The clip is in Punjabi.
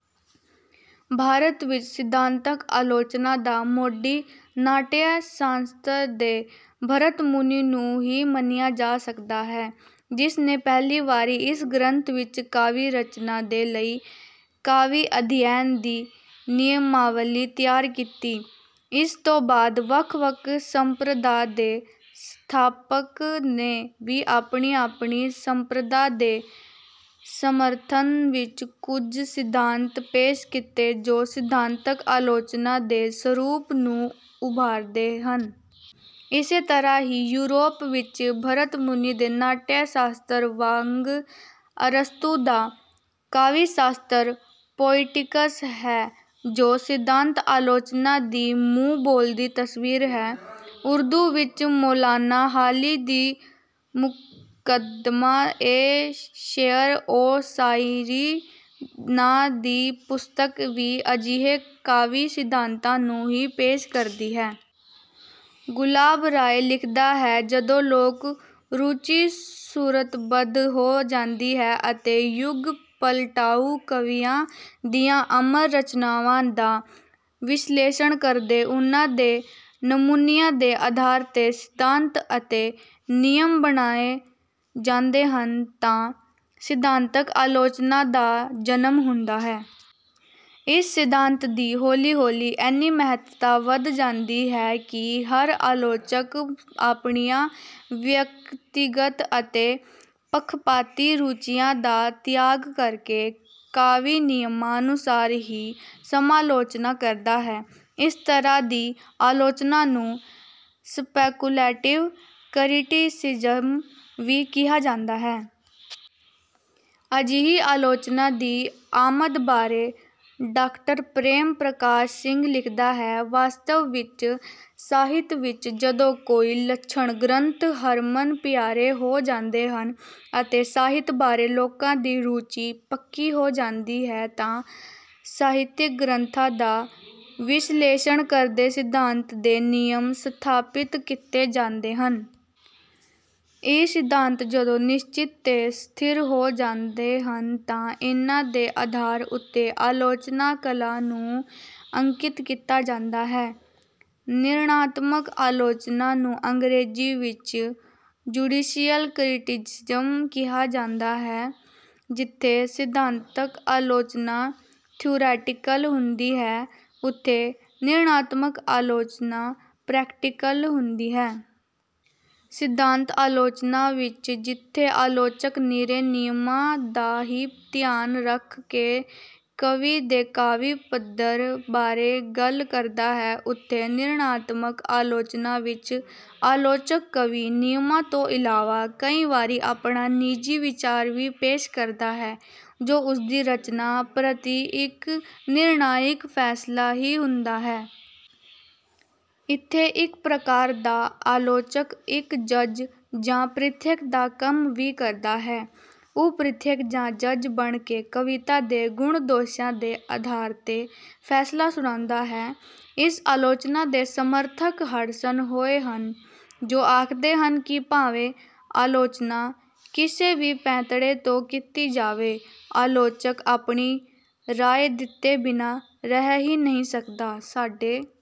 ਭਾਰਤ ਵਿੱਚ ਸਿਧਾਂਤਕ ਆਲੋਚਨਾ ਦਾ ਮੋਢੀ ਨਾਟਯ-ਸ਼ਾਸਤਰ ਦੇ ਭਰਤਮੁਨੀ ਨੂੰ ਹੀ ਮੰਨਿਆ ਜਾ ਸਕਦਾ ਹੈ, ਜਿਸ ਨੇ ਪਹਿਲੀ ਵਾਰੀ ਇਸ ਗ੍ਰੰਥ ਵਿੱਚ ਕਾਵਿ ਰਚਨਾ ਦੇ ਲਈ ਕਾਵਿ-ਅਧਿਐਨ ਦੀ ਨਿਯਮਾਵਲੀ ਤਿਆਰ ਕੀਤੀ। ਇਸ ਤੋਂ ਬਾਅਦ ਵੱਖ-ਵੱਖ ਸੰਪ੍ਰਦਾ ਦੇ ਸਥਾਪ ਨੇ ਵੀ ਆਪਣੀ-ਆਪਣੀ ਸੰਪ੍ਰਦਾ ਦੇ ਸਮਰਥਨ ਵਿੱਚ ਕੁੱਝ ਸਿਧਾਂਤ ਪੇਸ਼ ਕੀਤੇ ਜੋ ਸਿਧਾਂਤਕ ਆਲੋਚਨਾ ਦੇ ਸਰੂਪ ਨੂੰ ਉਭਾਰਦੇ ਹਨ। ਇਸੇ ਤਰ੍ਹਾਂ ਹੀ, ਯੂਰੋਪ ਵਿੱਚ ਭਰਤਮੁਨੀ ਦੇ ਨਾਟਯ-ਸ਼ਾਸਤਰ ਵਾਂਗ ਅਰਸਤੂ ਦਾ ਕਾਵਿ-ਸ਼ਾਸਤਰ 'ਪੋਇਟਿਕਸ' ਹੈ ਜੋ ਸਿਧਾਂਤ ਆਲੋਚਨਾ ਦੀ ਮੂੰਹ-ਬੋਲਦੀ ਤਸਵੀਰ ਹੈ। ਉਰਦੂ ਵਿੱਚ ਮੌਲਾਨਾ ਹਾਲੀ ਦੀ 'ਮੁਕੱਦਮਾ-ਏ-ਸ਼ੇਅਰ-ਓ-ਸ਼ਾਇਰੀ' ਨਾਂ ਦੀ ਪੁਸਤਕ ਵੀ ਅਜਿਹੇ ਕਾਵਿ ਸਿਧਾਂਤਾਂ ਨੂੰ ਹੀ ਪੇਸ਼ ਕਰਦੀ ਹੈ। ਗੁਲਾਬ ਰਾਏ ਲਿਖਦਾ ਹੈ, "ਜਦੋਂ ਲੋਕ ਰੁਚੀ ਸੂਤਰਬੱਧ ਹੋ ਜਾਂਦੀ ਹੈ ਅਤੇ ਯੁੱਗ-ਪਲਟਾਊ ਕਵੀਆਂ ਦੀਆਂ ਅਮਰ ਰਚਨਾਵਾਂ ਦਾ ਵਿਸ਼ਲੇਸ਼ਣ ਕਰਕੇ ਉਹਨਾਂ ਦੇ ਨਮੂਨਿਆਂ ਦੇ ਆਧਾਰ ਤੇ ਸਿਧਾਂਤ ਅਤੇ ਨਿਯਮ ਬਣਾਏ ਜਾਂਦੇ ਹਨ ਤਾਂ ਸਿਧਾਂਤਕ ਆਲੋਚਨਾ ਦਾ ਜਨਮ ਹੁੰਦਾ ਹੈ।" ਇਸ ਸਿਧਾਂਤ ਦੀ ਹੌਲੀ-ਹੌਲੀ ਐਨੀ ਮਹੱਤਤਾ ਵੱਧ ਜਾਂਦੀ ਹੈ ਕਿ ਹਰ ਆਲੋਚਕ ਆਪਣੀਆਂ ਵਿਅਕਤੀਗਤ ਅਤੇ ਪੱਖਪਾਤੀ ਰੁਚੀਆਂ ਦਾ ਤਿਆਗ ਕਰਕੇ ਕਾਵਿ ਨਿਯਮਾਂ ਅਨੁਸਾਰ ਹੀ ਸਮਾਲੋਚਨਾ ਕਰਦਾ ਹੈ। ਇਸ ਤਰ੍ਹਾਂ ਦੀ ਆਲੋਚਨਾ ਨੂੰ 'ਸਪੈਕੂਲੇਟਿਵ ਕਰਿਟਿਸਿਜ਼ਮ' ਵੀ ਕਿਹਾ ਜਾਂਦਾ ਹੈ। ਅਜਿਹੀ ਆਲੋਚਨਾ ਦੀ ਆਮਦ ਬਾਰੇ ਡਾਕਟਰ ਪ੍ਰੇਮ ਪ੍ਰਕਾਸ਼ ਸਿੰਘ ਲਿਖਦਾ ਹੈ- "ਵਾਸਤਵ ਵਿੱਚ ਸਾਹਿਤ ਵਿੱਚ ਜਦੋਂ ਕੋਈ ਲੱਛਣ ਗ੍ਰੰਥ ਹਰਮਨ-ਪਿਆਰੇ ਹੋ ਜਾਂਦੇ ਹਨ ਅਤੇ ਸਾਹਿਤ ਬਾਰੇ ਲੋਕਾਂ ਦੀ ਰੁਚੀ ਪੱਕੀ ਹੋ ਜਾਂਦੀ ਹੈ ਤਾਂ ਸਾਹਿਤਿਕ ਗ੍ਰੰਥਾਂ ਦਾ ਵਿਸ਼ਲੇਸ਼ਣ ਕਰਕੇ ਸਿਧਾਂਤ ਦੇ ਨਿਯਮ ਸਥਾਪਿਤ ਕੀਤੇ ਜਾਂਦੇ ਹਨ। ਇਹ ਸਿਧਾਂਤ ਜਦੋਂ ਨਿਸ਼ਚਿਤ ਤੇ ਸਥਿਰ ਹੋ ਜਾਂਦੇ ਹਨ ਤਾਂ ਇਨ੍ਹਾਂ ਦੇ ਆਧਾਰ ਉੱਤੇ ਆਲੋਚਨਾ ਕਲਾ ਨੂੰ ਅੰਕਿਤ ਕੀਤਾ ਜਾਂਦਾ ਹੈ।" ਨਿਰਣਾਤਮਕ ਆਲੋਚਨਾ ਨੂੰ ਅੰਗਰੇਜ਼ੀ ਵਿੱਚ 'ਜੁਡੀਸ਼ੀਅਲ ਕਰਿਟਿਸਿਜ਼ਮ' ਕਿਹਾ ਜਾਂਦਾ ਹੈ। ਜਿੱਥੇ ਸਿਧਾਂਤਕ ਆਲੋਚਨਾ 'ਥਿਊਰੈਟੀਕਲ' ਹੁੰਦੀ ਹੈ, ਉੱਥੇ ਨਿਰਣਾਤਮਕ ਆਲੋਚਨਾ 'ਪ੍ਰੈਕਟੀਕਲ' ਹੁੰਦੀ ਹੈ। ਸਿਧਾਂਤਕ ਆਲੋਚਨਾ ਵਿੱਚ ਜਿੱਥੇ ਆਲੋਚਕ ਨਿਰੇ ਨਿਯਮਾਂ ਦਾ ਹੀ ਧਿਆਨ ਰੱਖ ਕੇ ਕਵੀ ਦੇ ਕਾਵਿ ਪੱਧਰ ਬਾਰੇ ਗੱਲ ਕਰਦਾ ਹੈ, ਉੱਥੇ ਨਿਰਣਾਤਮਕ ਆਲੋਚਨਾ ਵਿੱਚ ਆਲੋਚਕ ਕਾਵਿ ਨਿਯਮਾਂ ਤੋਂ ਇਲਾਵਾ ਕਈ ਵਾਰੀ ਆਪਣਾ ਨਿੱਜੀ ਵਿਚਾਰ ਵੀ ਪੇਸ਼ ਕਰਦਾ ਹੈ, ਜੋ ਉਸਦੀ ਰਚਨਾ ਪ੍ਰਤੀ ਇੱਕ ਨਿਰਣਾਇਕ ਫੈਸਲਾ ਹੀ ਹੁੰਦਾ ਹੈ। ਇੱਥੇ ਇੱਕ ਪ੍ਰਕਾਰ ਦਾ ਆਲੋਚਕ ਇੱਕ ਜੱਜ ਜਾਂ ਪ੍ਰੀਖਿਅਕ ਦਾ ਕੰਮ ਵੀ ਕਰਦਾ ਹੈ। ਉਹ ਪ੍ਰੀਖਿਅਕ ਜਾਂ ਜੱਜ ਬਣ ਕੇ ਕਵਿਤਾ ਦੇ ਗੁਣਾਂ-ਦੋਸ਼ਾਂ ਦੇ ਆਧਾਰ 'ਤੇ ਫੈਸਲਾ ਸੁਣਾਉਂਦਾ ਹੈ। ਇਸ ਆਲੋਚਨਾ ਦੇ ਸਮਰਥਕ ਹਡਸਨ ਹੋਏ ਹਨ, ਜੋ ਆਖਦੇ ਹਨ ਕਿ ਭਾਵੇਂ ਆਲੋਚਨਾ ਕਿਸੇ ਵੀ ਪੈਂਤੜੇ ਤੋਂ ਕੀਤੀ ਜਾਵੇ, ਆਲੋਚਕ ਆਪਣੀ ਰਾਏ ਦਿੱਤੇ ਬਿਨਾਂ ਰਹਿ ਹੀ ਨਹੀਂ ਸਕਦਾ। ਸਾਡੇ